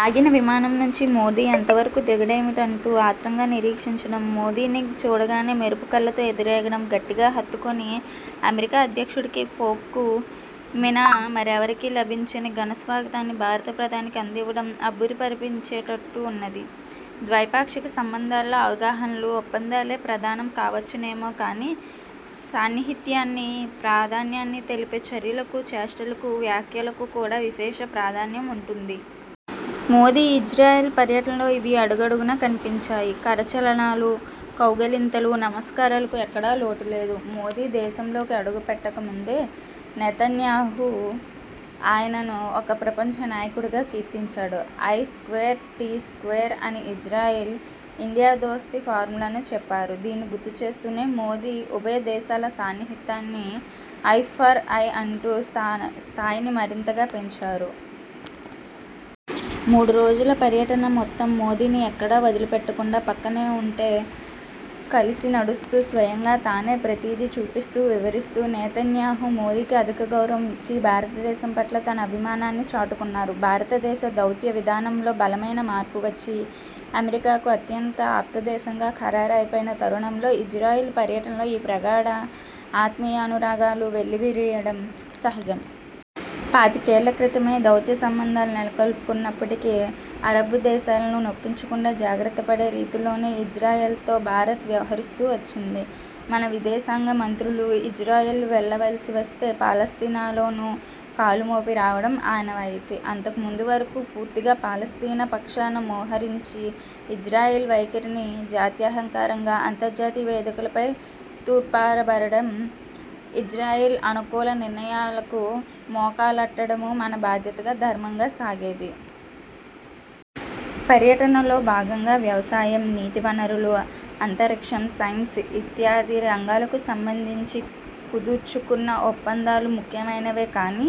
ఆగిన విమానం నుంచి మోదీ ఎంతకూ దిగడేమిటంటూ ఆత్రంగా నిరీక్షించడం, మోదీని చూడగానే మెరుపు కళ్ళతో ఎదురేగడం, గట్టిగా హత్తుకొని, అమెరికా అధ్యక్షుడికీ, పోప్కు వినా మరెవరికీ లభించని ఘనస్వాగతాన్ని భారత ప్రధానికి అందివ్వడం అబ్బురమనిపించేట్టు ఉన్నది. ద్వైపాక్షిక సంబంధాల్లో అవగాహనలు, ఒప్పందాలే ప్రధానం కావచ్చునేమో కానీ, సాన్నిహిత్యాన్ని, ప్రాధాన్యాన్ని తెలిపే చర్యలకు, చేష్టలకు, వ్యాఖ్యలకు కూడా విశేష ప్రాధాన్యం ఉంటుంది. మోదీ ఇజ్రాయెల్ పర్యటనలో ఇవి అడుగడుగునా కనిపించాయి. కరచాలనాలూ, కౌగిలింతలు, నమస్కారాలకు ఎక్కడా లోటులేదు. మోదీ దేశంలోకి అడుగుపెట్టకముందే నెతన్యాహూ ఆయనను ఒక ప్రపంచనాయకుడిగా కీర్తించారు. 'ఐ స్క్వేర్ టి స్వ్వేర్' అని ఇజ్రాయెల్, ఇండియా దోస్తీ ఫార్ములా చెప్పారు. దానిని గుర్తుచేస్తూనే, మోదీ ఉభయదేశాల సాన్నిహిత్యాన్ని ఐ ఫర్ ఐ అంటూ స్థాయిని మరింతగా పెంచారు. మూడురోజుల పర్యటనమొత్తం మోదీని ఎక్కడా వదిలిపెట్టకుండా పక్కనే ఉంటే, కలిసినడుస్తూ స్వయంగా తానేప్రతీదీ చూపిస్తూ వివరిస్తూ నెతన్యాహూ మోదీకి అధికగౌరవం ఇచ్చి, భారతదేశం పట్ల తన అభిమానాన్ని చాటుకున్నారు. భారతదేశ దౌత్యవిధానంలో బలమైన మార్పువచ్చి, అమెరికాకు అత్యంత ఆప్తదేశంగా ఖరారైపోయిన తరుణంలో ఇజ్రాయెల్ పర్యటనలో ఈ ప్రగాఢ ఆత్మీయానురాగాలు వెల్లివిరియడం సహజం. పాతికేళ్ళక్రితమే దౌత్యసంబంధాలు నెలకొల్పుకున్నప్పటికీ అరబ్బుదేశాలను నొప్పించకుండా జాగ్రత్తపడే రీతిలోనే ఇజ్రాయెల్తో భారత్ వ్యవహరిస్తూ వచ్చింది. మన విదేశాంగమంత్రులు ఇజ్రాయెల్ వెళ్ళవలసి వస్తే, పాలస్తీనాలోనూ కాలుమోపి రావడం ఆనవాయితీ. అంతకుముందు వరకూ పూర్తిగా పాలస్తీనా పక్షాన మోహరించి, ఇజ్రాయెల్ వైఖరిని జాత్యాహంకారంగా అంతర్జాతీయ వేదికలపైన తూర్పారబట్టడం, ఇజ్రాయెల్ అనుకూల నిర్ణయాలకు మోకాలడ్డటమూ మన బాధ్యతగా, ధర్మంగా సాగేది. పర్యటనలో భాగంగా వ్యవసాయం, నీటివనరులు, అంతరిక్షం, సైన్స్ ఇత్యాది రంగాలకు సంబంధించి కుదర్చుకున్న ఒప్పందాలు ముఖ్యమైనవే కానీ,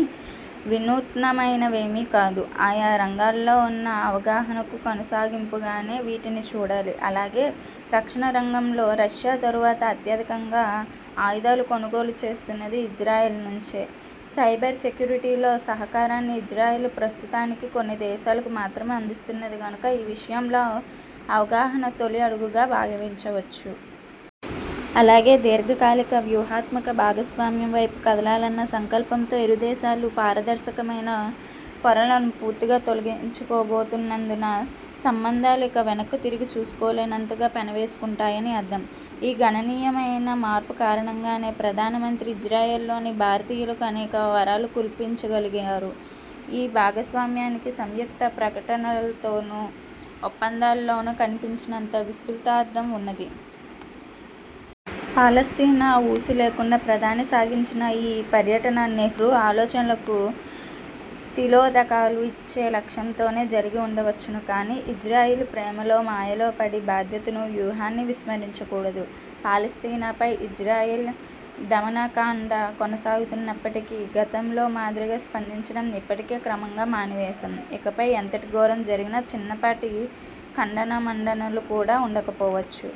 వినూత్నమైనవేమీ కాదు. ఆయా రంగాల్లో ఉన్న అవగాహనకు కొనసాగింపుగానే వీటిని చూడాలి. అలాగే, రక్షణరంగంలో రష్యా తరువాత అత్యధికంగా ఆయుధాలు కొనుగోలు చేస్తున్నది ఇజ్రాయెల్ నుంచే. సైబర్ సెక్యూరిటీలో సహకారాన్ని ఇజ్రాయెల్ ప్రస్తుతానికి కొన్ని దేశాలకు మాత్రమే అందిస్తున్నది కనుక ఈ విషయంలో అవగాహన తొలి అడుగుగా భావించవచ్చు. అలాగే, దీర్ఘకాలిక, వ్యూహాత్మక భాగస్వామ్యం వైపు కదలాలన్న సంకల్పంతో ఇరుదేశాలూ పారదర్శకమైన పొరలను పూర్తిగా తొలగించుకోబోతున్నందున, సంబంధాలు ఇక వెనక్కుతిరిగి చూసుకోలేనంతగా పెనవేసుకుంటాయని అర్థం. ఈ గణనీయమైన మార్పు కారణంగానే ప్రధానమంత్రి ఇజ్రాయెల్లోని భారతీయులకు అనేక వరాలు కురిపించగలిగారు. ఈ భాగస్వామ్యానికి సంయుక్త ప్రకటనలతోనూ, ఒప్పందాల్లోనూ కనిపించనంత విస్తృతార్థం ఉన్నది. పాలస్తీనా ఊసులేకుండా ప్రధాని సాగించిన ఈ పర్యటన నెహ్రూ ఆలోచనలకు తిలోదకాలు ఇచ్చే లక్ష్యంతోనే జరిగి వుండవచ్చును కానీ, ఇజ్రాయెల్ ప్రేమలో, మాయలో పడి బాధ్యతనూ, వ్యూహాన్ని విస్మరించకూడదు. పాలస్తీనాపై ఇజ్రాయెల్ దమనకాండ కొనసాగుతున్నప్పటికీ, గతంలో మాదిరిగా స్పందించడం ఇప్పటికే క్రమంగా మానివేశాం. ఇకపై ఎంతటి ఘోరం జరిగినా చిన్నపాటి ఖండనమండనలు కూడా ఉండకపోవచ్చు.